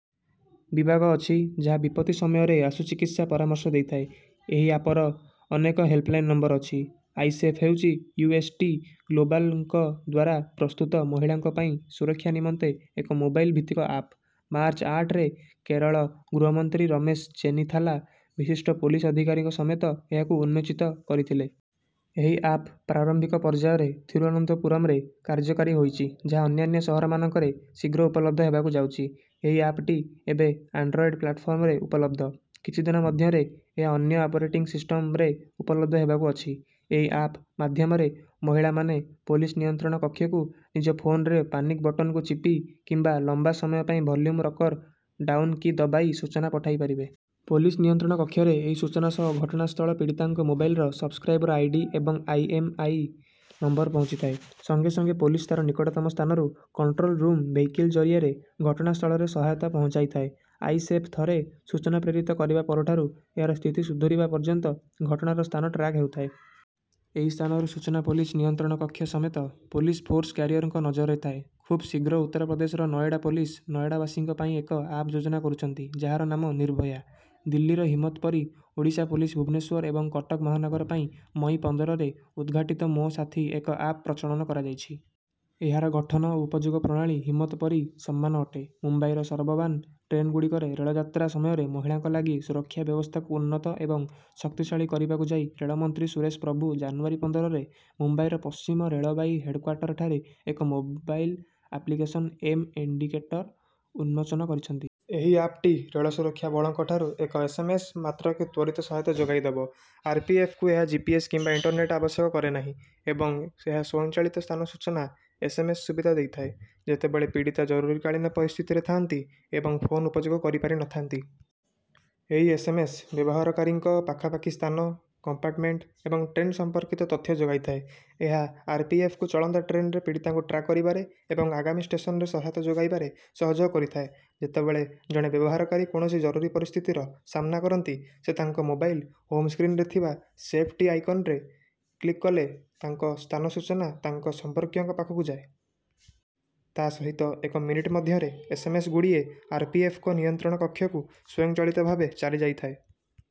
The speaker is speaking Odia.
ବିଭାଗ ଅଛି ଯାହା ବିପତ୍ତି ସମୟରେ ଆଶୁ ଚିକିତ୍ସା ପରାମର୍ଶ ଦେଇଥାଏ। ଏହି ଆପର ଅନେକ ହେଲ୍ପଲାଇନ ନମ୍ବର ଅଛି। ଆଇ ସେଫ ହେଉଛି ୟୁଏସଟି ଗ୍ଲୋବାଲଙ୍କ ଦ୍ୱାରା ପ୍ରସ୍ତୁତ ମହିଳାଙ୍କ ପାଇଁ ସୁରକ୍ଷା ନିମନ୍ତେ ଏକ ମୋବାଇଲ ଭିତ୍ତିକ ଆପ। ମାର୍ଚ୍ଚ ଆଠ ରେ କେରଳ ଗୃହମନ୍ତ୍ରୀ ରମେଶ ଚେନିଥାଲା ବିଶିଷ୍ଟ ପୋଲିସ ଅଧିକାରୀଙ୍କ ସମେତ ଏହାକୁ ଉନ୍ମୋଚିତ କରିଥିଲେ। ଏହି ଆପ ପ୍ରାରମ୍ଭିକ ପର୍ଯ୍ୟାୟରେ ଥିରୁଅନନ୍ତପୁରମରେ କାର୍ଯ୍ୟକାରୀ ହୋଇଛି ଯାହା ଅନ୍ୟାନ୍ୟ ସହରମାନଙ୍କରେ ଶୀଘ୍ର ଉପଲବ୍ଧ ହେବାକୁ ଯାଉଛି। ଏହି ଆପଟି ଏବେ ଆଣ୍ଡରଏଡ ପ୍ଲାଟଫର୍ମରେ ଉପଲବ୍ଧ। କିଛି ଦିନ ମଧ୍ୟରେ ଏହା ଅନ୍ୟ ଅପରେଟିଂ ସିଷ୍ଟମରେ ଉପଲବ୍ଧ ହେବାକୁ ଅଛି। ଏହି ଆପ ମାଧ୍ୟମରେ ମହିଳାମାନେ ପୋଲିସ ନିୟନ୍ତ୍ରଣ କକ୍ଷକୁ ନିଜ ଫୋନର ପାନିକ ବଟନକୁ ଚିପି କିମ୍ବା ଲମ୍ବା ସମୟ ପାଇଁ ଭଲ୍ୟୁମ ରକର ଡାଉନ କି ଦବାଇ ସୂଚନା ପଠାଇପାରିବେ। ପୋଲିସ ନିୟନ୍ତ୍ରଣ କକ୍ଷରେ ଏହି ସୂଚନା ସହ ଘଟଣାସ୍ଥଳ, ପୀଡିତାଙ୍କ ମୋବାଇଲର ସବସ୍କ୍ରାଇବର ଆଇଡି ଏବଂ ଆଇଏମଇଆଇ ନମ୍ବର ପହଞ୍ଚିଥାଏ। ସଙ୍ଗେ ସଙ୍ଗେ ପୋଲିସ ତାର ନିକଟତମ ସ୍ଥାନରୁ କଣ୍ଟ୍ରୋଲ ରୁମ ଭେହିକିଲ ଜରିଆରେ ଘଟଣାସ୍ଥଳରେ ସହାୟତା ପହଞ୍ଚାଇଥାଏ। ଆଇ ସେଫ ଥରେ ସୂଚନା ପ୍ରେରିତ କରିବା ପରଠାରୁ ଏହାର ସ୍ଥିତି ସୁଧୁରିବା ପର୍ଯ୍ୟନ୍ତ ଘଟଣାର ସ୍ଥାନ ଟ୍ରାକ ହେଉଥାଏ। ଏହି ସ୍ଥାନର ସୂଚନା ପୋଲିସ ନିୟନ୍ତ୍ରଣ କକ୍ଷ ସମେତ ପୋଲିସ ଫୋର୍ସ କ୍ୟାରିଅରଙ୍କ ନଜରରେ ଥାଏ। ଖୁବ ଶୀଘ୍ର ଉତ୍ତରପ୍ରଦେଶର ନଏଡା ପୋଲିସ ନଏଡାବାସୀଙ୍କ ପାଇଁ ଏକ ଆପ ଯୋଜନା କରୁଛନ୍ତି ଯାହାର ନାମ ନିର୍ଭୟା। ଦିଲ୍ଲୀର ହିମ୍ମତ ପରି ଓଡ଼ିଶା ପୋଲିସ ଭୁବନେଶ୍ୱର ଏବଂ କଟକ ମହାନଗର ପାଇଁ ମଇ ପନ୍ଦର ରେ ଉଦ୍ଘାଟିତ ମୋ ସାଥୀ ଏକ ଆପ ପ୍ରଚଳନ କରାଯାଇଛି। ଏହାର ଗଠନ ଓ ଉପଯୋଗ ପ୍ରଣାଳୀ ହିମ୍ମତ ପରି ସମାନ ଅଟେ। ମୁମ୍ବାଇର ସବର୍ବାନ ଟ୍ରେନଗୁଡ଼ିକରେ ରେଳଯାତ୍ରା ସମୟରେ ମହିଳାଙ୍କ ଲାଗି ସୁରକ୍ଷା ବ୍ୟବସ୍ଥାକୁ ଉନ୍ନତ ଏବଂ ଶକ୍ତିଶାଳୀ କରିବାକୁ ଯାଇ ରେଳମନ୍ତ୍ରୀ ସୁରେଶ ପ୍ରଭୁ ଜାନୁଆରୀ ପନ୍ଦର ରେ ମୁମ୍ବାଇର ପଶ୍ଚିମ ରେଳବାଇ ହେଡକ୍ୱାର୍ଟରଠାରେ ଏକ ମୋବାଇଲ ଆପ୍ଲିକେସନ ଏମ ଇଣ୍ଡିକେଟର ଉନ୍ମୋଚନ କରିଛନ୍ତି। ଏହି ଆପଟି ରେଳ ସୁରକ୍ଷା ବଳଙ୍କଠାରୁ ଏକ ଏସଏମଏସ ମାତ୍ରକେ ତ୍ୱରିତ ସହାୟତା ଯୋଗାଇଦେବ। ଆରପିଏଫକୁ ଏହା ଜିପିଏସ କିମ୍ବା ଇଣ୍ଟରନେଟ ଆବଶ୍ୟକ କରେନାହିଁ ଏବଂ ଏହା ସ୍ୱୟଂଚାଳିତ ସ୍ଥାନ ସୂଚନା ଏସଏମଏସ ସୁବିଧା ଦେଇଥାଏ ଯେତେବେଳେ ପୀଡିତା ଜରୁରୀକାଳୀନ ପରିସ୍ଥିତିରେ ଥାଆନ୍ତି ଏବଂ ଫୋନ ଉପଯୋଗ କରିପାରିନଥାନ୍ତି। ଏହି ଏସଏମଏସ ବ୍ୟବହାରକାରୀଙ୍କ ପାଖାପାଖି ସ୍ଥାନ, କମ୍ପାର୍ଟମେଣ୍ଟ ଏବଂ ଟ୍ରେନ ସମ୍ପର୍କିତ ତଥ୍ୟ ଯୋଗାଇଥାଏ। ଏହା ଆରପିଏଫକୁ ଚଳନ୍ତା ଟ୍ରେନରେ ପୀଡିତାଙ୍କୁ ଟ୍ରାକ କରିବାରେ ଏବଂ ଆଗାମୀ ଷ୍ଟେସନରେ ସହାୟତା ଯୋଗାଇବାରେ ସହଯୋଗ କରିଥାଏ। ଯେତେବେଳେ ଜଣେ ବ୍ୟବହାରକାରୀ କୌଣସି ଜରୁରୀ ପରିସ୍ଥିତିର ସାମ୍ନା କରନ୍ତି ସେ ତାଙ୍କ ମୋବାଇଲ ହୋମ ସ୍କ୍ରିନରେ ଥିବା ସେଫଟି ଆଇକନରେ କ୍ଲିକ କଲେ ତାଙ୍କ ସ୍ଥାନ ସୂଚନା ତାଙ୍କ ସମ୍ପର୍କୀୟଙ୍କ ପାଖକୁ ଯାଏ। ତା ସହିତ ଏକ ମିନିଟ ମଧ୍ୟରେ ଏସଏମଏସ ଗୁଡ଼ିଏ ଆରପିଏଫଙ୍କ ନିୟନ୍ତ୍ରଣ କକ୍ଷକୁ ସ୍ୱୟଂଚାଳିତ ଭାବେ ଚାଲିଯାଇଥାଏ।